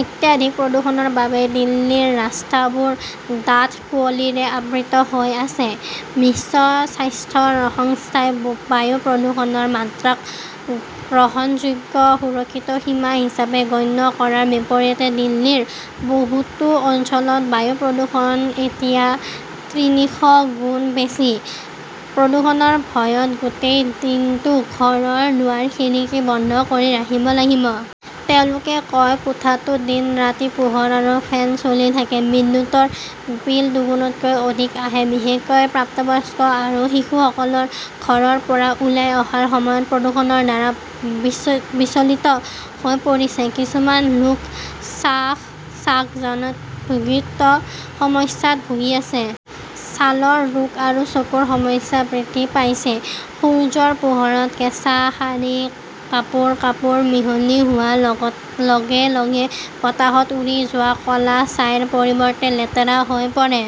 অত্যাধিক প্ৰদূষণৰ বাবে দিল্লীৰ ৰাস্তাবোৰ ডাঠ কুঁৱলীৰে আবৃত হৈ আছে। বিশ্ব স্বাস্থ্য সংস্থাই বায়ু প্ৰদূষণৰ মাত্ৰাক গ্ৰহণযোগ্য সুৰক্ষিত সীমা হিচাপে গণ্য কৰাৰ বিপৰীতে দিল্লীৰ বহুতো অঞ্চলত বায়ু প্ৰদূষণ এতিয়া ত্ৰিশগুণ বেছি। প্ৰদূষণৰ ভয়ত গোটেই দিনটো ঘৰৰ দুৱাৰ-খিৰিকী বন্ধ কৰি ৰাখিব লাগিব। তেওঁলোকে কয়, কোঠাটোত দিন-ৰাতি পোহৰ আৰু ফেন চলি আছে। বিদ্যুৎৰ বিল দুগুণতকৈও অধিক আহে। বিশেষকৈ প্ৰাপ্তবয়স্ক আৰু শিশুসকল ঘৰৰ পৰা ওলাই অহাৰ সময়ত প্ৰদূষণৰ দ্বাৰা বিচলিত হৈ পৰিছে। কিছুমান লোক শ্বাস-প্ৰশ্বাসজনিত সমস্যাত ভুগি আছে। ছালৰ ৰোগ আৰু চকুৰ সমস্যা বৃদ্ধি পাইছে। সূৰ্যৰ পোহৰত কেঁচা শাৰী, কাপোৰ-কাপোৰ মিহলি হোৱাৰ লগে-লগে বতাহত উৰি যোৱা ক'লা ছাইৰ পৰিৱৰ্তে লেতেৰা হৈ পৰে।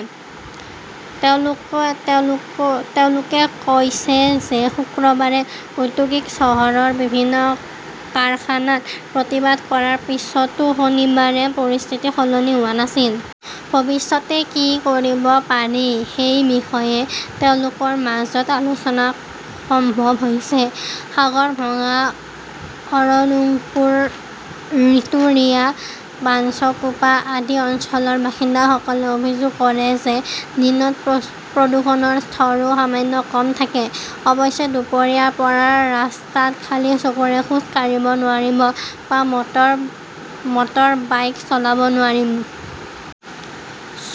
তেওঁলোকে কৈছিল যে শুক্ৰবাৰে ঔদ্যোগিক চহৰৰ বিভিন্ন কাৰখানাত প্ৰতিবাদ কৰাৰ পিছতো শনিবাৰে পৰিস্থিতি সলনি হোৱা নাছিল। ভৱিষ্যতে কি কৰিব পাৰি সেই বিষয়ে তেওঁলোকৰ মাজত আলোচনা আৰম্ভ হৈছে। সাগৰভঙ্গা, অঙ্গদুৰপুৰ, ৰাতুৰিয়া, বাঞ্চকোপা আদি অঞ্চলৰ বাসিন্দাসকলে অভিযোগ কৰে যে দিনটোত প্ৰদূষণৰ স্তৰও সামান্য কম থাকে। অৱশ্যে, দুপৰীয়াৰ পৰা ৰাস্তাত খালী চকুৰে খোজ কাঢ়িব নোৱাৰি বা মটৰবাইক চলাব নোৱাৰি।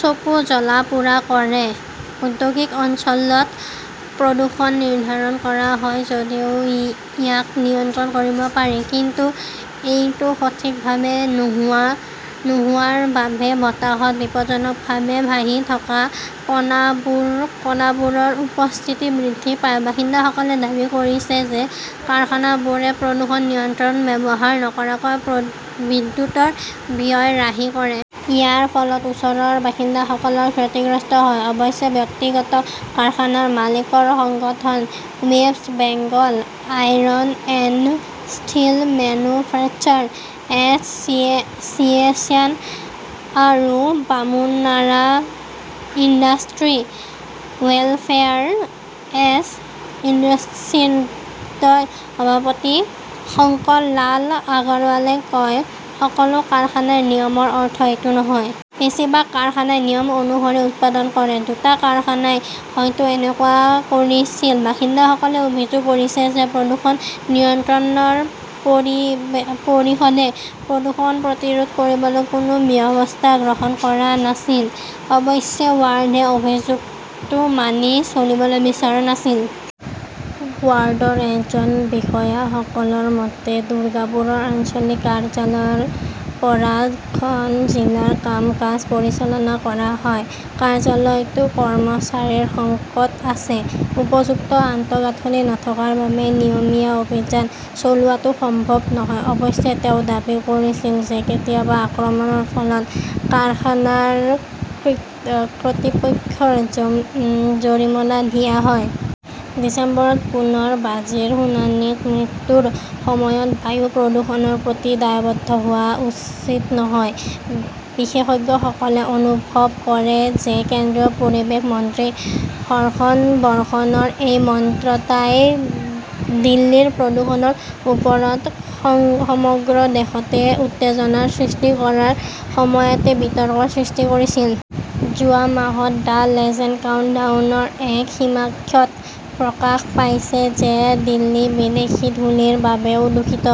চকু জ্বলা-পোৰা কৰে। ঔদ্যোগিক অঞ্চলত প্ৰদূষণ নিৰ্ধাৰণ কৰা হয় যদিও ইয়াক নিয়ন্ত্ৰণ কৰিব পাৰি। কিন্তু এইটো সঠিকভাৱে নোহোৱাৰ বাবে বতাহত বিপদজনকভাৱে ভাহি থকা কণাবোৰৰ উপস্থিতি বৃদ্ধি পায়। বাসিন্দাসকলে দাবী কৰিছে যে কাৰখানাবোৰে প্ৰদূষণ নিয়ন্ত্ৰক ব্যৱহাৰ নকৰাকৈ বিদ্যুৎৰ ব্যয় ৰাহি কৰে। ইয়াৰ ফলত ওচৰৰ বাসিন্দাসকল ক্ষতিগ্ৰস্ত হয়। অৱশ্যে, ব্যক্তিগত কাৰখানাৰ মালিকসকলৰ সংগঠন west Bengal iron and steel manufacturers S চিয়েশ্যন আৰু বামুনাৰা ইণ্ডাষ্ট্ৰীজ ৱেলফেয়াৰ এছ চিয়েশ্যনৰ সভাপতি শংকৰলাল আগৰৱালে কয়, সকলো কাৰখানাৰ নিয়মৰ অৰ্থ এইটো নহয়। বেছিভাগ কাৰখানাই নিয়ম অনুসৰি উৎপাদন কৰে। দুটা কাৰখানাই হয়তো এনেকুৱা কৰিছিল। বাসিন্দাসকলে অভিযোগ কৰিছে যে প্ৰদূষণ নিয়ন্ত্ৰণ পৰিষদে প্ৰদূষণ প্ৰতিৰোধ কৰিবলৈ কোনো ব্যৱস্থা গ্ৰহণ কৰা নাই। অৱশ্যে বৰ্ডে অভিযোগটো মানি চলিবলৈ বিচৰা নাছিল। বৰ্ডৰ এজন বিষয়াসকলৰ মতে, দুৰ্গাপুৰৰ আঞ্চলিক কাৰ্যালয়ৰ পৰা খন জিলাৰ কাম-কাজ পৰিচালনা কৰা হয়। কাৰ্যালয়টো কৰ্মচাৰীৰ সংকটত আছে। উপযুক্ত আন্তঃগাঁথনি নথকাৰ বাবে নিয়মীয়া অভিযান চলোৱাটো সম্ভৱ নহয়। অৱশ্যে, তেওঁ দাবী কৰিছিল যে কেতিয়াবা আক্ৰমণৰ ফলত কাৰখানাৰ কৰ্তৃপক্ষক জৰিমনা দিয়া হয়। ডিচেম্বৰত পুনৰ বাজিৰ শুনানি মৃত্যুৰ সময়ত বায়ু প্ৰদূষণৰ প্ৰতি দায়বদ্ধ হোৱা উচিত নহয়। বিশেষজ্ঞসকলে অনুভৱ কৰে যে কেন্দ্ৰীয় পৰিৱেশ মন্ত্ৰী হৰ্ষ বৰ্ধনৰ এই মন্তব্যই দিল্লীৰ প্ৰদূষণৰ ওপৰত সমগ্ৰ দেশতে উত্তেজনাৰ সৃষ্টি কৰাৰ সময়তে বিতৰ্কৰ সৃষ্টি কৰিছিল। ।যোৱা মাহত দ্য লেঞ্চেট কাউণ্টডাউনৰ এক সমীক্ষাত প্ৰকাশ পাইছে যে দিল্লী বিদেশী ধূলিৰ বাবেও দূষিত।